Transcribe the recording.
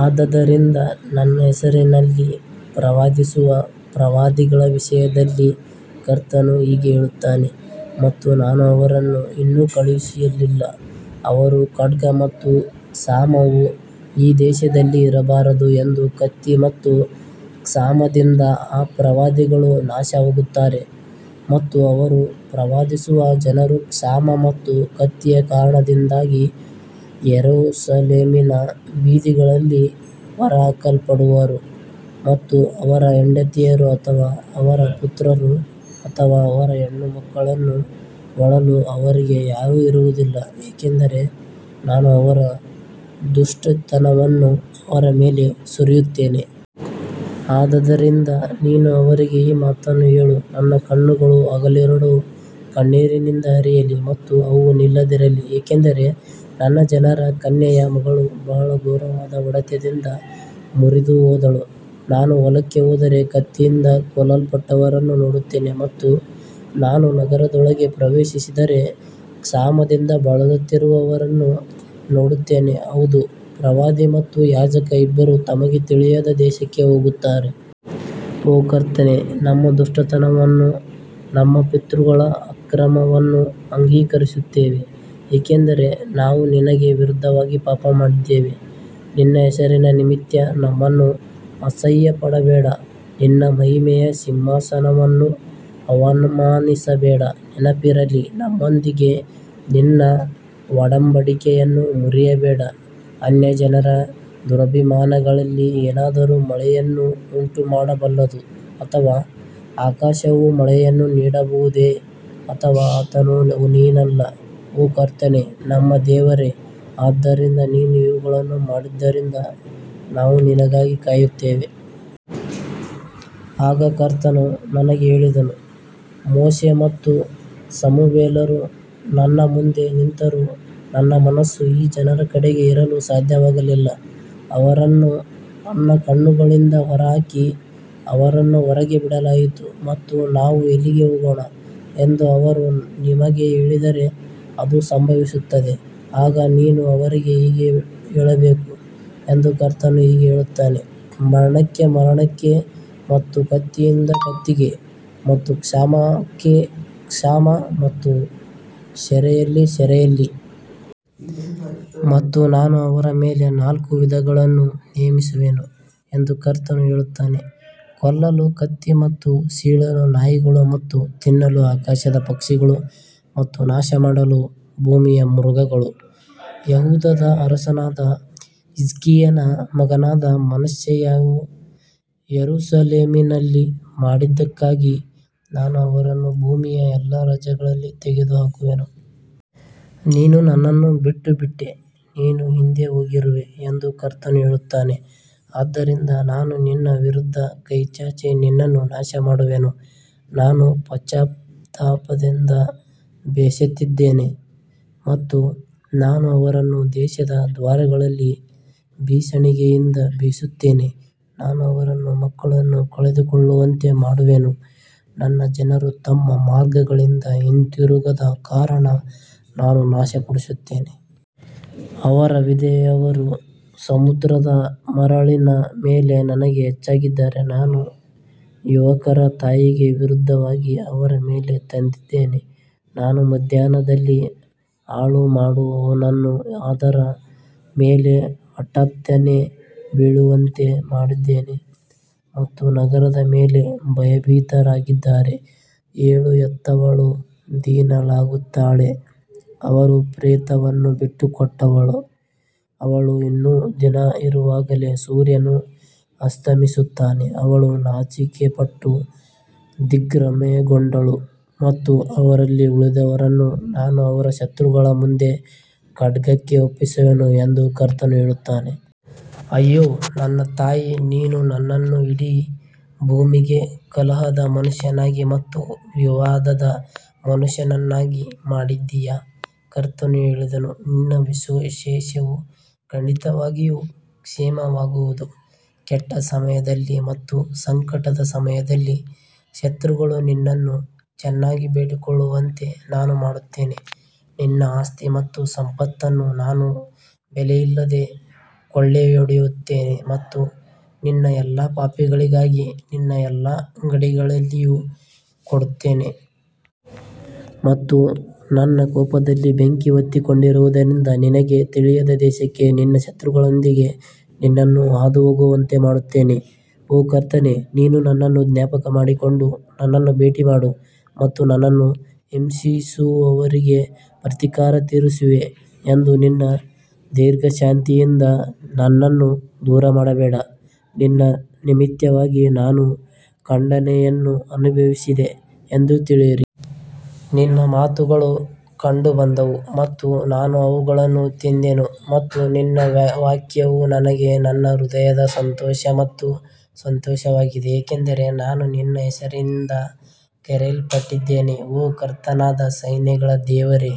ಆದದರಿಂದ ನನ್ನ ಹೆಸರಿನಲ್ಲಿ ಪ್ರವಾದಿಸುವ ಪ್ರವಾದಿಗಳ ವಿಷಯದಲ್ಲಿ ಕರ್ತನು ಹೀಗೆ ಹೇಳುತ್ತಾನೆ ಮತ್ತು ನಾನು ಅವರನ್ನು ಇನ್ನೂ ಕಳುಹಿಸಲಿಲ್ಲ ಅವರು ಖಡ್ಗ ಮತ್ತು ಕ್ಷಾಮವು ಈ ದೇಶದಲ್ಲಿ ಇರಬಾರದು ಎಂದು ಕತ್ತಿ ಮತ್ತು ಕ್ಷಾಮದಿಂದ ಆ ಪ್ರವಾದಿಗಳು ನಾಶವಾಗುತ್ತಾರೆ. ಮತ್ತು ಅವರು ಪ್ರವಾದಿಸುವ ಜನರು ಕ್ಷಾಮ ಮತ್ತು ಕತ್ತಿಯ ಕಾರಣದಿಂದಾಗಿ ಯೆರೂಸಲೇಮಿನ ಬೀದಿಗಳಲ್ಲಿ ಹೊರಹಾಕಲ್ಪಡುವರು ಮತ್ತು ಅವರ ಹೆಂಡತಿಯರು ಅಥವಾ ಅವರ ಪುತ್ರರು ಅಥವಾ ಅವರ ಹೆಣ್ಣುಮಕ್ಕಳನ್ನು ಹೂಳಲು ಅವರಿಗೆ ಯಾರೂ ಇರುವುದಿಲ್ಲ ಏಕೆಂದರೆ ನಾನು ಅವರ ದುಷ್ಟತನವನ್ನು ಅವರ ಮೇಲೆ ಸುರಿಯುತ್ತೇನೆ. ಆದದರಿಂದ ನೀನು ಅವರಿಗೆ ಈ ಮಾತನ್ನು ಹೇಳು ನನ್ನ ಕಣ್ಣುಗಳು ಹಗಲಿರುಳು ಕಣ್ಣೀರಿನಿಂದ ಹರಿಯಲಿ ಮತ್ತು ಅವು ನಿಲ್ಲದಿರಲಿ ಏಕೆಂದರೆ ನನ್ನ ಜನರ ಕನ್ಯೆಯ ಮಗಳು ಬಹಳ ಘೋರವಾದ ಹೊಡೆತದಿಂದ ಮುರಿದುಹೋದಳು. ನಾನು ಹೊಲಕ್ಕೆ ಹೋದರೆ ಕತ್ತಿಯಿಂದ ಕೊಲ್ಲಲ್ಪಟ್ಟವರನ್ನು ನೋಡುತ್ತೇನೆ ಮತ್ತು ನಾನು ನಗರದೊಳಗೆ ಪ್ರವೇಶಿಸಿದರೆ ಕ್ಷಾಮದಿಂದ ಬಳಲುತ್ತಿರುವವರನ್ನು ನೋಡುತ್ತೇನೆ ಹೌದು ಪ್ರವಾದಿ ಮತ್ತು ಯಾಜಕ ಇಬ್ಬರೂ ತಮಗೆ ತಿಳಿಯದ ದೇಶಕ್ಕೆ ಹೋಗುತ್ತಾರೆ. ಓ ಕರ್ತನೇ ನಮ್ಮ ದುಷ್ಟತನವನ್ನೂ ನಮ್ಮ ಪಿತೃಗಳ ಅಕ್ರಮವನ್ನೂ ಅಂಗೀಕರಿಸುತ್ತೇವೆ ಏಕೆಂದರೆ ನಾವು ನಿನಗೆ ವಿರುದ್ಧವಾಗಿ ಪಾಪಮಾಡಿದ್ದೇವೆ. ನಿನ್ನ ಹೆಸರಿನ ನಿಮಿತ್ತ ನಮ್ಮನ್ನು ಅಸಹ್ಯಪಡಬೇಡ ನಿನ್ನ ಮಹಿಮೆಯ ಸಿಂಹಾಸನವನ್ನು ಅವಮಾನಿಸಬೇಡ ನೆನಪಿರಲಿ ನಮ್ಮೊಂದಿಗೆ ನಿನ್ನ ಒಡಂಬಡಿಕೆಯನ್ನು ಮುರಿಯಬೇಡ. ಅನ್ಯಜನರ ದುರಭಿಮಾನಗಳಲ್ಲಿ ಏನಾದರೂ ಮಳೆಯನ್ನು ಉಂಟುಮಾಡಬಲ್ಲದು ಅಥವಾ ಆಕಾಶವು ಮಳೆಯನ್ನು ನೀಡಬಹುದೇ ಅಥವಾ ಆತನು ನೀನಲ್ಲ ಓ ಕರ್ತನೇ ನಮ್ಮ ದೇವರೇ ಆದ್ದರಿಂದ ನೀನು ಇವುಗಳನ್ನು ಮಾಡಿದ್ದರಿಂದ ನಾವು ನಿನಗಾಗಿ ಕಾಯುತ್ತೇವೆ. ಆಗ ಕರ್ತನು ನನಗೆ ಹೇಳಿದನು ಮೋಶೆ ಮತ್ತು ಸಮುವೇಲರು ನನ್ನ ಮುಂದೆ ನಿಂತರೂ ನನ್ನ ಮನಸ್ಸು ಈ ಜನರ ಕಡೆಗೆ ಇರಲು ಸಾಧ್ಯವಾಗಲಿಲ್ಲ ಅವರನ್ನು ನನ್ನ ಕಣ್ಣುಗಳಿಂದ ಹೊರಹಾಕಿ ಅವರನ್ನು ಹೊರಗೆ ಬಿಡಲಾಯಿತು. ಮತ್ತು ನಾವು ಎಲ್ಲಿಗೆ ಹೋಗೋಣ ಎಂದು ಅವರು ನಿಮಗೆ ಹೇಳಿದರೆ ಅದು ಸಂಭವಿಸುತ್ತದೆ ಆಗ ನೀನು ಅವರಿಗೆ ಹೀಗೆ ಹೇಳಬೇಕು ಎಂದು ಕರ್ತನು ಹೀಗೆ ಹೇಳುತ್ತಾನೆ ಮರಣಕ್ಕೆ ಮರಣಕ್ಕೆ ಮತ್ತು ಕತ್ತಿಯಿಂದ ಕತ್ತಿಗೆ ಮತ್ತು ಕ್ಷಾಮಕ್ಕೆ ಕ್ಷಾಮ ಮತ್ತು ಸೆರೆಯಲ್ಲಿ ಸೆರೆಯಲ್ಲಿ. ಮತ್ತು ನಾನು ಅವರ ಮೇಲೆ ನಾಲ್ಕು ವಿಧಗಳನ್ನು ನೇಮಿಸುವೆನು ಎಂದು ಕರ್ತನು ಹೇಳುತ್ತಾನೆ ಕೊಲ್ಲಲು ಕತ್ತಿ ಮತ್ತು ಸೀಳಲು ನಾಯಿಗಳು ಮತ್ತು ತಿನ್ನಲು ಆಕಾಶದ ಪಕ್ಷಿಗಳು ಮತ್ತು ನಾಶಮಾಡಲು ಭೂಮಿಯ ಮೃಗಗಳು. ಯೆಹೂದದ ಅರಸನಾದ ಹಿಜ್ಕೀಯನ ಮಗನಾದ ಮನಸ್ಸೆಯು ಯೆರೂಸಲೇಮಿನಲ್ಲಿ ಮಾಡಿದ್ದಕ್ಕಾಗಿ ನಾನು ಅವರನ್ನು ಭೂಮಿಯ ಎಲ್ಲಾ ರಾಜ್ಯಗಳಲ್ಲಿ ತೆಗೆದುಹಾಕುವೆನು. ನೀನು ನನ್ನನ್ನು ಬಿಟ್ಟುಬಿಟ್ಟೆ ನೀನು ಹಿಂದೆ ಹೋಗಿರುವೆ ಎಂದು ಕರ್ತನು ಹೇಳುತ್ತಾನೆ ಆದ್ದರಿಂದ ನಾನು ನಿನ್ನ ವಿರುದ್ಧ ಕೈ ಚಾಚಿ ನಿನ್ನನ್ನು ನಾಶಮಾಡುವೆನು ನಾನು ಪಶ್ಚಾತ್ತಾಪದಿಂದ ಬೇಸತ್ತಿದ್ದೇನೆ. ಮತ್ತು ನಾನು ಅವರನ್ನು ದೇಶದ ದ್ವಾರಗಳಲ್ಲಿ ಬೀಸಣಿಗೆಯಿಂದ ಬೀಸುತ್ತೇನೆ ನಾನು ಅವರನ್ನು ಮಕ್ಕಳನ್ನು ಕಳೆದುಕೊಳ್ಳುವಂತೆ ಮಾಡುವೆನು ನನ್ನ ಜನರು ತಮ್ಮ ಮಾರ್ಗಗಳಿಂದ ಹಿಂತಿರುಗದ ಕಾರಣ ನಾನು ನಾಶಪಡಿಸುತ್ತೇನೆ. ಅವರ ವಿಧವೆಯರು ಸಮುದ್ರದ ಮರಳಿನ ಮೇಲೆ ನನಗೆ ಹೆಚ್ಚಾಗಿದ್ದಾರೆ ನಾನು ಯುವಕರ ತಾಯಿಗೆ ವಿರುದ್ಧವಾಗಿ ಅವರ ಮೇಲೆ ತಂದಿದ್ದೇನೆ ನಾನು ಮಧ್ಯಾಹ್ನದಲ್ಲಿ ಹಾಳುಮಾಡುವವನನ್ನು ಅದರ ಮೇಲೆ ಹಠಾತ್ತನೆ ಬೀಳುವಂತೆ ಮಾಡಿದ್ದೇನೆ ಮತ್ತು ನಗರದ ಮೇಲೆ ಭಯಭೀತರಾಗಿದ್ದಾರೆ. ಏಳು ಹೆತ್ತವಳು ದೀನಳಾಗುತ್ತಾಳೆ ಅವಳು ಪ್ರೇತವನ್ನು ಬಿಟ್ಟುಕೊಟ್ಟಳು ಅವಳು ಇನ್ನೂ ದಿನ ಇರುವಾಗಲೇ ಸೂರ್ಯನು ಅಸ್ತಮಿಸುತ್ತಾನೆ ಅವಳು ನಾಚಿಕೆಪಟ್ಟು ದಿಗ್ಭ್ರಮೆಗೊಂಡಳು ಮತ್ತು ಅವರಲ್ಲಿ ಉಳಿದವರನ್ನು ನಾನು ಅವರ ಶತ್ರುಗಳ ಮುಂದೆ ಖಡ್ಗಕ್ಕೆ ಒಪ್ಪಿಸುವೆನು ಎಂದು ಕರ್ತನು ಹೇಳುತ್ತಾನೆ. ಅಯ್ಯೋ ನನ್ನ ತಾಯಿ ನೀನು ನನ್ನನ್ನು ಇಡೀ ಭೂಮಿಗೆ ಕಲಹದ ಮನುಷ್ಯನಾಗಿ ಮತ್ತು ವಿವಾದದ ಮನುಷ್ಯನನ್ನಾಗಿ ಮಾಡಿದೀಯಾ ಕರ್ತನು ಹೇಳಿದನು ನಿನ್ನ ಶೇಷವು ಖಂಡಿತವಾಗಿಯೂ ಕ್ಷೇಮವಾಗುವುದು ಕೆಟ್ಟ ಸಮಯದಲ್ಲಿ ಮತ್ತು ಸಂಕಟದ ಸಮಯದಲ್ಲಿ ಶತ್ರುಗಳು ನಿನ್ನನ್ನು ಚೆನ್ನಾಗಿ ಬೇಡಿಕೊಳ್ಳುವಂತೆ ನಾನು ಮಾಡುತ್ತೇನೆ. ನಿನ್ನ ಆಸ್ತಿ ಮತ್ತು ಸಂಪತ್ತನ್ನು ನಾನು ಬೆಲೆಯಿಲ್ಲದೆ ಕೊಳ್ಳೆಹೊಡೆಯುತ್ತೇನೆ ಮತ್ತು ನಿನ್ನ ಎಲ್ಲಾ ಪಾಪಗಳಿಗಾಗಿ ನಿನ್ನ ಎಲ್ಲಾ ಗಡಿಗಳಲ್ಲಿಯೂ ಕೊಡುತ್ತೇನೆ. ಮತ್ತು ನನ್ನ ಕೋಪದಲ್ಲಿ ಬೆಂಕಿ ಹೊತ್ತಿಕೊಂಡಿರುವುದರಿಂದ ನಿನಗೆ ತಿಳಿಯದ ದೇಶಕ್ಕೆ ನಿನ್ನ ಶತ್ರುಗಳೊಂದಿಗೆ ನಿನ್ನನ್ನು ಹಾದುಹೋಗುವಂತೆ ಮಾಡುತ್ತೇನೆ. ಓ ಕರ್ತನೇ ನೀನು ನನ್ನನ್ನು ಜ್ಞಾಪಕಮಾಡಿಕೊಂಡು ನನ್ನನ್ನು ಭೇಟಿಮಾಡು ಮತ್ತು ನನ್ನನ್ನು ಹಿಂಸಿಸುವವರಿಗೆ ಪ್ರತೀಕಾರ ತೀರಿಸುವೆ ಎಂದು ನಿನ್ನ ದೀರ್ಘಶಾಂತಿಯಿಂದ ನನ್ನನ್ನು ದೂರಮಾಡಬೇಡ ನಿನ್ನ ನಿಮಿತ್ತವಾಗಿ ನಾನು ಖಂಡನೆಯನ್ನು ಅನುಭವಿಸಿದೆ ಎಂದು ತಿಳಿಯಿರಿ. ನಿನ್ನ ಮಾತುಗಳು ಕಂಡುಬಂದವು ಮತ್ತು ನಾನು ಅವುಗಳನ್ನು ತಿಂದೆನು ಮತ್ತು ನಿನ್ನ ವಾಕ್ಯವು ನನಗೆ ನನ್ನ ಹೃದಯದ ಸಂತೋಷ ಮತ್ತು ಸಂತೋಷವಾಗಿದೆ ಏಕೆಂದರೆ ನಾನು ನಿನ್ನ ಹೆಸರಿನಿಂದ ಕರೆಯಲ್ಪಟ್ಟಿದ್ದೇನೆ ಓ ಕರ್ತನಾದ ಸೈನ್ಯಗಳ ದೇವರೇ.